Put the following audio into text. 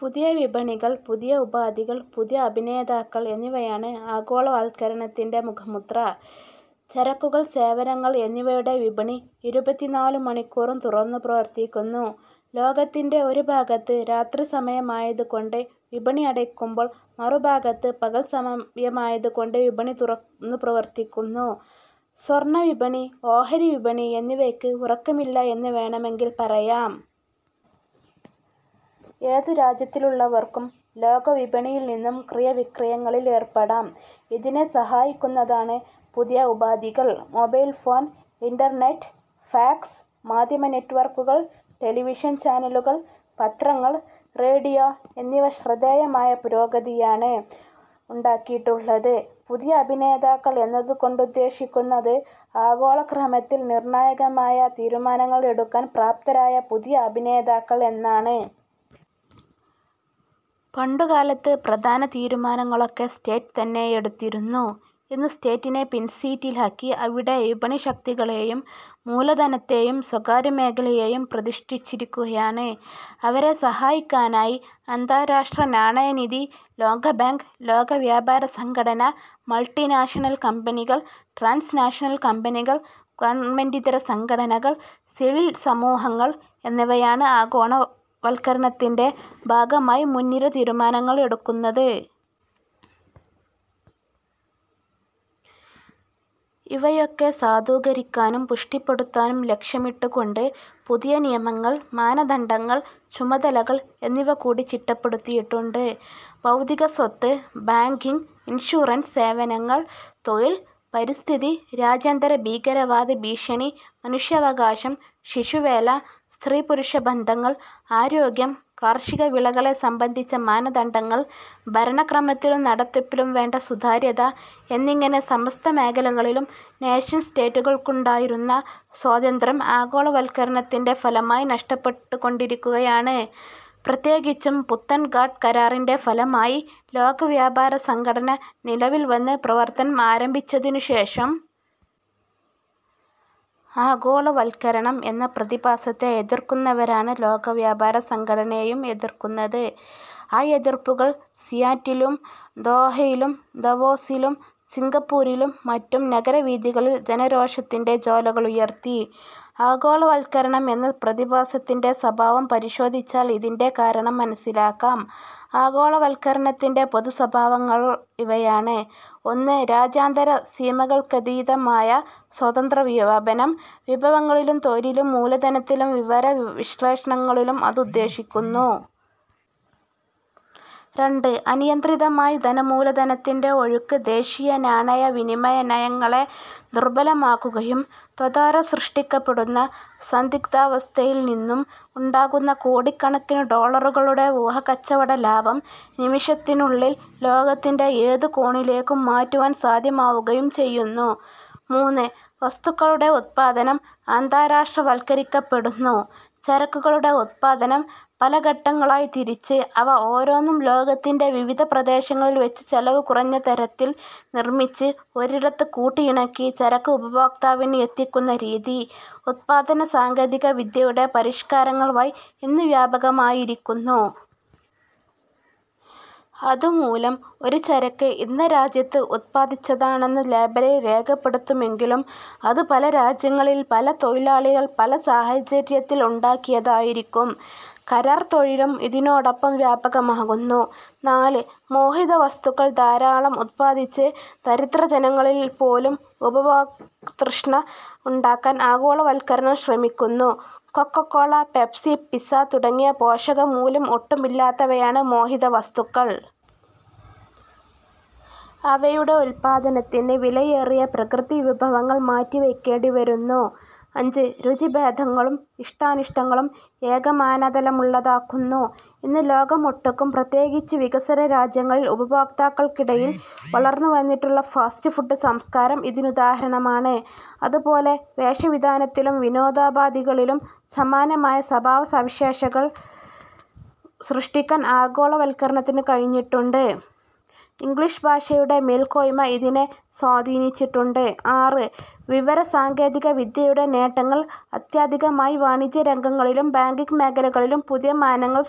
പുതിയ വിപണികൾ, പുതിയ ഉപാധികൾ, പുതിയ അഭിനേതാക്കൾ എന്നിവയാണ് ആഗോളവത്കരണത്തിന്റെ മുഖമുദ്ര. ചരക്കുകൾ, സേവനങ്ങൾ എന്നിവയുടെ വിപണി ഇരുപത്തിനാലു മണിക്കൂറും തുറന്നു പ്രവർത്തിക്കുന്നു. ലോകത്തിന്റെ ഒരു ഭാഗത്ത് രാത്രിസമയമായതുകൊണ്ട് വിപണി അടയ്ക്കുമ്പോൾ, മറുഭാഗത്ത് പകൽസമയമായതുകൊണ്ട് വിപണി തുറന്നു പ്രവർത്തിക്കുന്നു. സ്വർണവിപണി, ഓഹരിവിപണി എന്നിവയ്ക്ക് ഉറക്കമില്ല എന്ന് വേണമെങ്കിൽ പറയാം. ഏതുരാജ്യത്തുള്ളവർക്കും ലോകവിപണിയിൽനിന്നും ക്രയവിക്രയങ്ങളിൽ ഏർപ്പെടാം. ഇതിനെ സഹായിക്കുന്നതാണ് പുതിയ ഉപാധികൾ. മൊബൈൽ ഫോൺ, ഇന്റർനെറ്റ്, ഫാക്സ്, മാധ്യമ നെറ്റ്വർക്കുകൾ, ടെലിവിഷൻ ചാനലുകൾ, പത്രങ്ങൾ, റേഡിയോ എന്നിവ ശ്രദ്ധേയമായ പുരോഗതിയാണ് ഉണ്ടാക്കിയിട്ടുള്ളത്. പുതിയ അഭിനേതാക്കൾ എന്നതുകൊണ്ടുദ്ദേശിക്കുന്നത് ആഗോളക്രമത്തിൽ നിർണായകമായ തീരുമാനങ്ങൾ എടുക്കാൻ പ്രാപ്തരായ പുതിയ അഭിനേതാക്കൾ എന്നാണ്. പണ്ടുകാലത്ത് പ്രധാന തീരുമാനങ്ങളൊക്കെ സ്റ്റേറ്റ് തന്നെയെടുത്തിരുന്നു. ഇന്ന് സ്റ്റേറ്റിനെ പിൻസീറ്റിലാക്കി അവിടെ വിപണിശക്തികളെയും മൂലധനത്തെയും സ്വകാര്യമേഖലയെയും പ്രതിഷ്ഠിച്ചിരിക്കുകയാണ്. അവരെ സഹായിക്കാനായി അന്താരാഷ്ട്രനാണയനിധി, ലോകബാങ്ക്, ലോകവ്യാപാരസംഘടന, മൾട്ടിനാഷണൽ കമ്പനികൾ, ട്രാൻസ് നാഷണൽ കമ്പനികൾ, ഗവൺമെന്റിതര സംഘടനകൾ, സിവിൽ സമൂഹങ്ങൾ എന്നിവയാണ് ആഗോളവത്കരണത്തിന്റെ ഭാഗമായി മുൻനിര തീരുമാനങ്ങൾ എടുക്കുന്നത്. ഇവയൊക്കെ സാധൂകരിക്കാനും പുഷ്ടിപ്പെടുത്താനും ലക്ഷ്യമിട്ടുകൊണ്ടു പുതിയ നിയമങ്ങൾ, മാനദണ്ഡങ്ങൾ, ചുമതലകൾ എന്നിവകൂടി ചിട്ടപ്പെടുത്തിയിട്ടുണ്ട്. ബൌദ്ധികസ്വത്ത്, ബാങ്കിങ്, ഇൻഷുറൻസ്, സേവനങ്ങൾ, തൊഴിൽ, പരിസ്ഥിതി, രാജ്യാന്തരഭീകരവാദഭീഷണി, മനുഷ്യാവകാശം, ശിശുവേല, സ്ത്രീപുരുഷബന്ധങ്ങൾ, ആരോഗ്യം, കാർഷികവിളകളെ സംബന്ധിച്ച മാനദണ്ഡങ്ങൾ, ഭരണക്രമത്തിലും നടത്തിപ്പിലും വേണ്ട സുതാര്യത എന്നിങ്ങനെ സമസ്തമേഖലകളിലും നേഷൻ സ്റ്റേറ്റുകൾക്കുണ്ടായിരുന്ന സ്വാതന്ത്ര്യം ആഗോളവത്കരണത്തിന്റെ ഫലമായി നഷ്ടപ്പെട്ടുകൊണ്ടിരിക്കുകയാണ്, പ്രത്യേകിച്ചും പുത്തൻ ഗാട്ട്കരാറിന്റെ ഫലമായി ലോകവ്യാപാരസംഘടന നിലവിൽവന്ന് പ്രവർത്തനം ആരംഭിച്ചതിനുശേഷം. ആഗോളവത്കരണം എന്ന പ്രതിഭാസത്തെ, എതിർക്കുന്നവരാണ് ലോകവ്യാപാരസംഘടനയെയും എതിർക്കുന്നത്. ആ എതിർപ്പുകൾ സിയാറ്റിലിലും, ദോഹയിലും, ദാവോസിലും, സിംഗപ്പൂരിലും മറ്റും നഗരവീഥികളിൽ ജനരോഷത്തിന്റെ ജ്വാലകളുയർത്തി. ആഗോളവത്കരണം എന്ന പ്രതിഭാസത്തിന്റെ സ്വഭാവം പരിശോധിച്ചാൽ ഇതിന്റെ കാരണം മനസ്സിലാക്കാം. ആഗോളവത്കരണത്തിന്റെ പൊതുസ്വഭാവങ്ങൾ ഇവയാണ്. ഒന്ന്. രാജ്യാന്തരസീമകൾക്കതീതമായ സ്വതന്ത്രവ്യാപനം. വിഭവങ്ങളിലും തൊഴിലിലും മൂലധനത്തിലും വിവരവിശ്ളേഷണങ്ങളിലും അത് ഉദ്ദേശിക്കുന്നു. രണ്ട്. അനിയന്ത്രിതമായ ധനമൂലധനത്തിന്റെ ഒഴുക്ക് ദേശീയനാണയവിനിമയനയങ്ങളെ ദുർബലമാക്കുകയും തദ്വാരാ സൃഷ്ടിക്കപ്പെടുന്ന സന്ദിഗ്ധാവസ്ഥയിൽ നിന്നും ഉണ്ടാകുന്ന കോടിക്കണക്കിനു ഡോളറുകളുടെ ഊഹക്കച്ചവടലാഭം നിമിഷത്തിനുള്ളിൽ ലോകത്തിന്റെ ഏതു കോണിലേക്കും മാറ്റുവാൻ സാധ്യമാവുകയും ചെയ്യുന്നു. മൂന്ന്. വസ്തുക്കളുടെ ഉത്പാദനം അന്താരാഷ്ട്രവത്കരിക്കപ്പെടുന്നു. ചരക്കുകളുടെ ഉത്പാദനം പല ഘട്ടങ്ങളായിത്തിരിച്ച് അവ ഓരോന്നും ലോകത്തിന്റെ വിവിധ പ്രദേശങ്ങളിൽവച്ചു ചെലവു കുറഞ്ഞതരത്തിൽ നിർമിച്ച് ഒരിടത്ത് കൂട്ടിയിണക്കി ചരക്ക് ഉപഭോക്താവിന് എത്തിക്കുന്ന രീതി ഉത്പാദനസാങ്കേതികവിദ്യയുടെ പരിഷ്കാരങ്ങൾവഴി ഇന്നു വ്യാപകമായിരിക്കുന്നു. അതുമൂലം ഒരു ചരക്ക് ഇന്ന രാജ്യത്ത് ഉത്പാദിപ്പിച്ചതാണെന്ന് ലേബലിൽ രേഖപ്പെടുത്തുമെങ്കിലും, അത് പല രാജ്യങ്ങളിൽ പല തൊഴിലാളികൾ പല സാഹചര്യത്തിൽ ഉണ്ടാക്കിയതായിരിക്കും. കരാർ തൊഴിലും ഇതിനോടൊപ്പം വ്യാപകമാകുന്നു. നാല്. മോഹിതവസ്തുക്കൾ ധാരാളം ഉത്പാദിപ്പിച്ച് ദരിദ്രജനങ്ങളിൽപ്പോലും ഉപഭോഗതൃഷ്ണ ഉണ്ടാക്കാൻ ആഗോളവത്കരണം ശ്രമിക്കുന്നു. കൊക്കോക്കോള, പെപ്സി, പിസ്സാ തുടങ്ങി പോഷകമൂല്യം ഒട്ടും ഇല്ലാത്തവയാണ് മോഹിതവസ്തുക്കൾ. അവയുടെ ഉത്പാദനത്തിന് വിലയേറിയ പ്രകൃതിവിഭവങ്ങൾ മാറ്റിവയ്ക്കേണ്ടിവരുന്നു. അഞ്ച്. രുചിഭേദങ്ങളും ഇഷ്ടാനിഷ്ടങ്ങളും ഏകമാനതലമുള്ളതാക്കുന്നു. ഇന്ന് ലോകമൊട്ടുക്കും പ്രത്യേകിച്ചു വികസ്വരരാജ്യങ്ങളിൽ ഉപഭോക്താക്കളുടെയിടയിൽ വളർന്നുവന്നിട്ടുള്ള ഫാസ്റ്റ്ഫുഡ് സംസ്കാരം ഇതിനുദാഹരണമാണ്. അതുപോലെ വേഷവിധാനത്തിലും, വിനോദോപാധികളിലും സമാനമായ സ്വഭാവവിശേഷങ്ങൾ സൃഷ്ടിക്കാൻ ആഗോളവത്കരണത്തിനു കഴിഞ്ഞിട്ടുണ്ട്. ഇംഗ്ളീഷ്ഭാഷയുടെ മേൽക്കോയ്മ ഇതിനെ സ്വാധീനിച്ചിട്ടുണ്ട്. ആറ്. വിവരസാങ്കേതികവിദ്യയുടെ നേട്ടങ്ങൾ അത്യധികമായി വാണിജ്യരംഗങ്ങളിലും, ബാങ്കിങ് മേഖലകളിലും പുതിയ മാനങ്ങൾ സൃഷ്ടിക്കുന്നു.